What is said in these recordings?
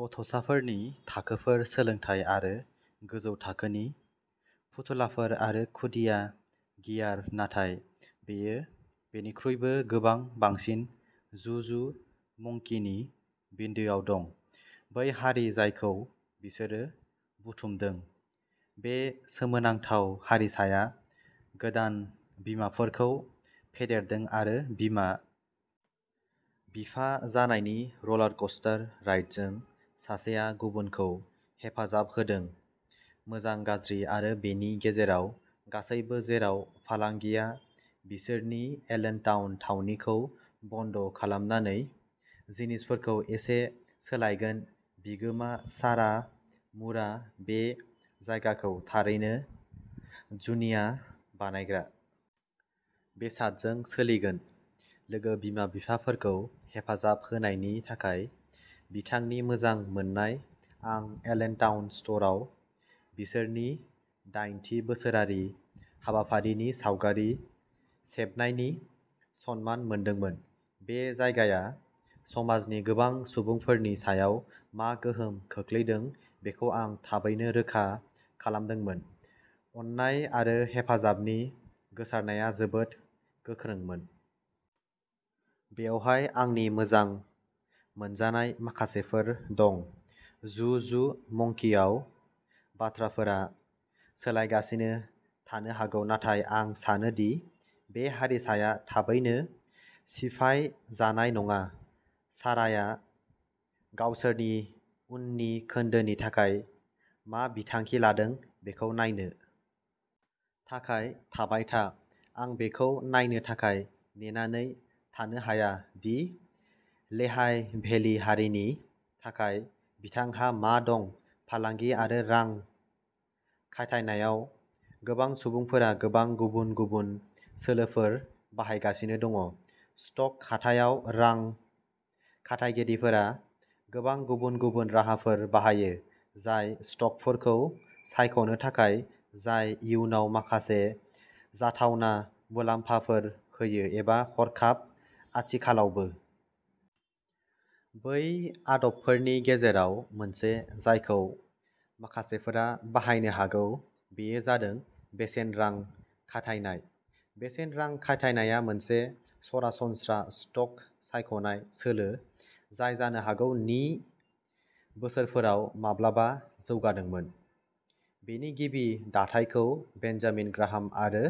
गथ'साफोरनि थाखोफोर सोलोंथाय आरो गोजौ थाखोनि फुथुलाफोर आरो खुदिया गियार नाथाय बेयो बेनिख्रुइबो गोबां बांसिन जु जु मंकिनि बिन्दोआव दं बै हारि जायखौ बिसोरो बुथुमदों बे सोमोनांथाव हारिसाया गोदान बिमाफोरखौ फेदेरदों आरो बिमा बिफा जानायनि रलार क'स्टार राइडजों सासेया गुबुनखौ हेफाजाब होदों मोजां गाज्रि आरो बेनि गेजेराव गासैबो जेराव फालांगिया बिसोरनि एलेनटाउन थावनिखौ बन्द खालामनानै जिनिसफोरखौ एसे सोलायगोन बिगोमा सारा मुरआ बे जायगाखौ थारैनो जुनिया बानायग्रा बेसादजों सोलिगोन लोगो बिमा बिफाफोरखौ हेफाजाब होनायनि थाखाय बिथांनि मोजां मोन्नाय आं एलेनटाउन स्ट'रआव बिसोरनि दइन थि बोसोरारि हाबाफारिनि सावगारि सेबनायनि सनमान मोनदोंमोन बे जायगाया समाजनि गोबां सुबुंफोरनि सायाव मा गोहोम खोख्लैदों बेखौ आं थाबैनो रोखा खालामदोंमोन अननाय आरो हेफाजाबनि गोसारनाया जोबोद गोख्रोंमोन। बेवहाय आंनि मोजां मोनजानाय माखासेफोर दं जु जु मंकिआव बाथ्राफोरा सोलायगासिनो थानो हागौ नाथाय आं सानो दि बे हारिसाया थाबैनो सिफाय जानाय नङा साराया गावसोरनि उननि खोन्दोनि थाखाय मा बिथांखि लादों बेखौ नायनो थाखाय थाबाय था आं बेखौ नायनो थाखाय नेनानै थानो हाया दि लेहाइ भेलि हारिनि थाखाय बिथांहा मा दं फालांगि आरो रां खाथायनायाव गोबां सुबुंफोरा गोबां गुबुन गुबुन सोलोफोर बाहायगासिनो दं स्टक हाथायाव रां खाथायगिरिफोरा गोबां गुबुन गुबुन राहाफोर बाहायो जाय स्टकफोरखौ सायख'नो थाखाय जाय इयुनाव माखासे जाथावना मुलाम्फाफोर होयो एबा हरखाब आथिखालावबो। बै आदबफोरनि गेजेराव मोनसे जायखौ माखासेफोरा बाहायनो हागौ बेयो जादों बेसेन रां खाथायनाय बेसेन रां खाथायनाया मोनसे सरासनस्रा स्टक सायख'नाय सोलो जाय जानो हागौ नि बोसोरफोराव माब्लाबा जौगादोंमोन। बेनि गिबि दाथायखौ बेन्जामिन ग्राहाम आरो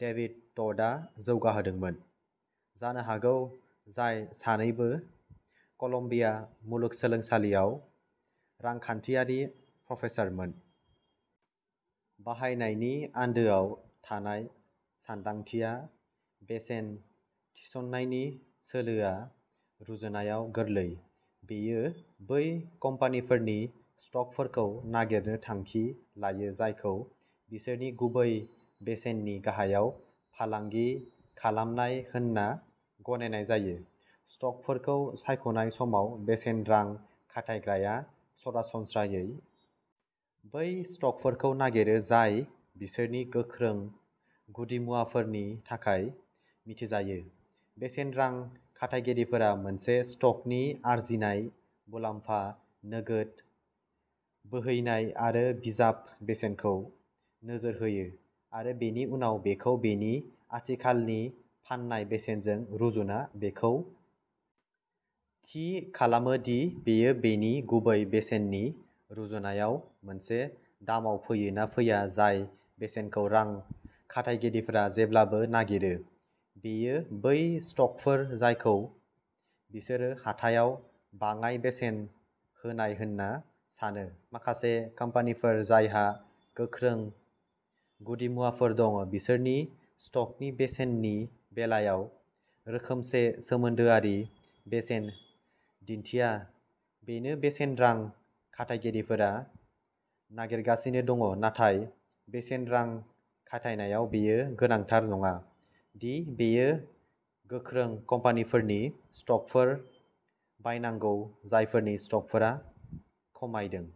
डेभिड टडआ जौगाहोदोंमोन जानो हागौ जाय सानैबो कलम्बिया मुलुगसोलोंसालियाव रांखान्थियारि प्रफेसारफोरमोन। बाहायनायनि आन्दोआव थानाय सानदांथिया बेसेन थिसननायनि सोलोआ रुजुनायाव गोरलै बेयो बै कम्पानिफोरनि स्टकफोरखौ नागिरनो थांखि लायो जायखौ बिसोरनि गुबै बेसेननि गाहायाव फालांगि खालामनाय होनना गनायनाय जायो। स्टकफोरखौ सायख'नाय समाव बेसेन रां खाथायग्राया सरासनस्रायै बै स्टकफोरखौ नागिरो जाय बिसोरनि गोख्रों गुदिमुवाफोरनि थाखाय मिथिजायो बेसेन रां खाथायगिरिफोरा मोनसे स्टकनि आर्जिनाय मुलाम्फा नोगोद बोहैनाय आरो बिजाब बेसेनखौ नोजोर होयो आरो बेनि उनाव बेखौ बेनि आथिखालनि फान्नाय बेसेनजों रुजुना बेखौ थि खालामो दि बेयो बेनि गुबै बेसेननि रुजुनायाव मोनसे दामाव फैयो ना फैया जाय बेसेनखौ रां खाथायगिरिफोरा जेब्लाबो नागिरो बेयो बै स्टकफोर जायखौ बिसोरो हाथायाव बाङाइ बेसेन होनाय होनना सानो माखासे कम्पानिफोर जायहा गोख्रों गुदिमुवाफोर दं बिसोरनि स्ट'कनि बेसेननि बेलायाव रोखोमसे सोमोन्दोआरि बेसेन दिन्थिया बेनो बेसेन रां खाथायगिरिफोरा नागिरगासिनो दं नाथाय बेसेन रां खाथायनायाव बेयो गोनांथार नङा दि बेयो गोख्रों कम्पानिफोरनि स्टकफोर बायनांगौ जायफोरनि स्टकफोरा खमायदों।